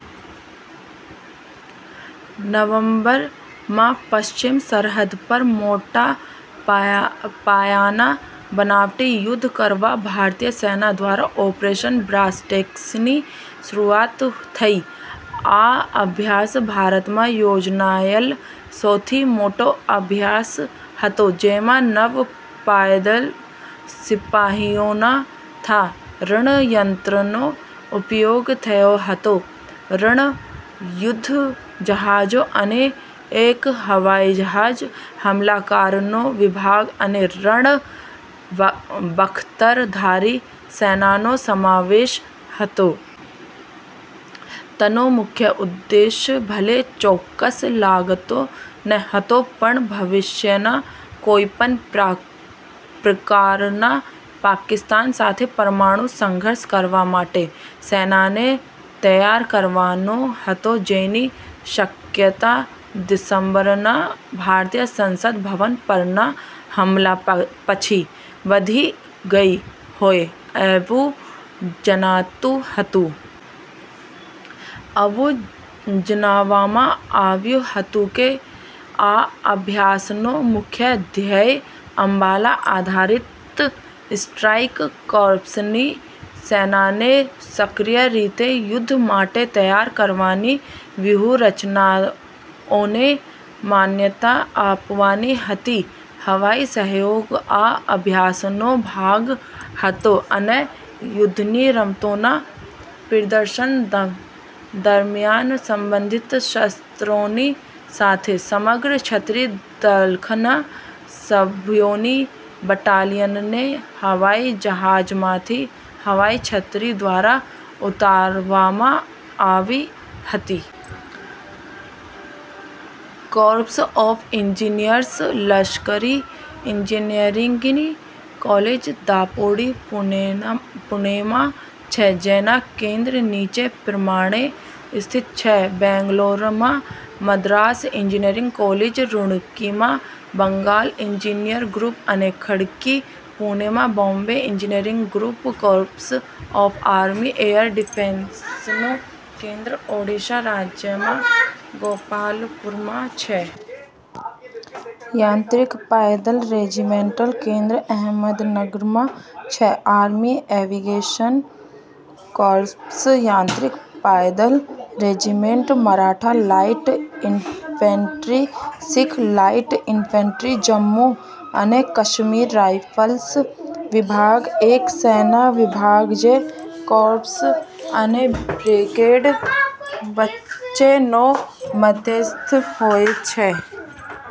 નવમ્બર માં પશ્ચિમ સરહદ પર મોટાપાયા પાયાના બનાવટી યુદ્ધ કરવા ભારતીય સેના દ્વારા ઓપરેશન બ્રાસટેકસની શરૂઆત થઈ. આ અભ્યાસ ભારતમાં યોજનાયેલ સૌથી મોટો અભ્યાસ હતો, જેમાં નવ પાયદળ સિપાહીઓના થા, રણ યંત્રનો ઉપયોગ થયો હતો, રણ યુદ્ધ જહાજો અને એક હવાઈ હુમલાકારનો વિભાગ અને રણ બખ્તરધારી સેનાનો સમાવેશ થયો હતો. તેનો મુખ્ય ઉદ્દેશ ભલે ચોક્કસ લાગતો ન હતો પણ ભવિષ્યના કોઈપણ પ્રકારના પાકિસ્તાન સાથે પરમાણુ સંઘર્ષ કરવા માટે સેનાને તૈયાર કરવાનો હતો, જેની શકયતા ડિસેમ્બરના ભારતીય સંસદભવન પરના હુમલા પછી વધી ગઈ હોય, એવું જણાતું હતું. એવું જણાવવામાં આવ્યું હતું કે આ અભ્યાસનો મુખ્ય ધ્યેય અંબાલા -આધારિત સ્ટ્રાઈક કોર્પ્સની સેનાને સક્રિય રીતે યુદ્ધ માટે તૈયાર કરવાની વ્યુહરચનાઓને માન્યતા આપવાની હતી. હવાઈ સહયોગ આ અભ્યાસનો ભાગ હતો, અને યુદ્ધની રમતોના પ્રદર્શન વખતે સંબંધિત શસ્ત્રોની સાથે સમગ્ર છત્રી દળના સભ્યોની બટાલીયનને હવાઈ જહાજમાંથી હવાઈ છત્રી દ્વારા ઉતારવામાં આવી હતી. કોર્પ્સ ઓફ એન્જીનિયર્સ લશ્કરી એન્જીનિયરીંગની કોલેજ દાપોડી, પૂણેમાં છે. જેના કેન્દ્ર નીચે પ્રમાણે સ્થિત છે બેંગ્લોરમાં મદ્રાસ એન્જીનિયરીંગ કોલેજ, રુરકીમાં બેંગાલ એન્જીનિયર ગ્રુપ, અને ખડકી પૂણેમાં Bombay engineering group. Corps of army air defence કેન્દ્ર ઓરીસ્સા રાજ્યમાં ગોપાલપુરમાં છે. યાંત્રિક પાયદળ રેજીમેન્ટલ કેન્દ્ર અહેમદનગરમાં છે. આર્મી એવીયેશન કોર્પ્સ યાંત્રિક પાયદળ regiment Maratha light infantry Sikh light infantry Jammu અને કાશ્મીર રાઇફલ્સ વિભાગ: એક સેના વિભાગ જે કોર્પ્સ અને બ્રિગેડ વચ્ચેનો મધ્યસ્થી હોય છે.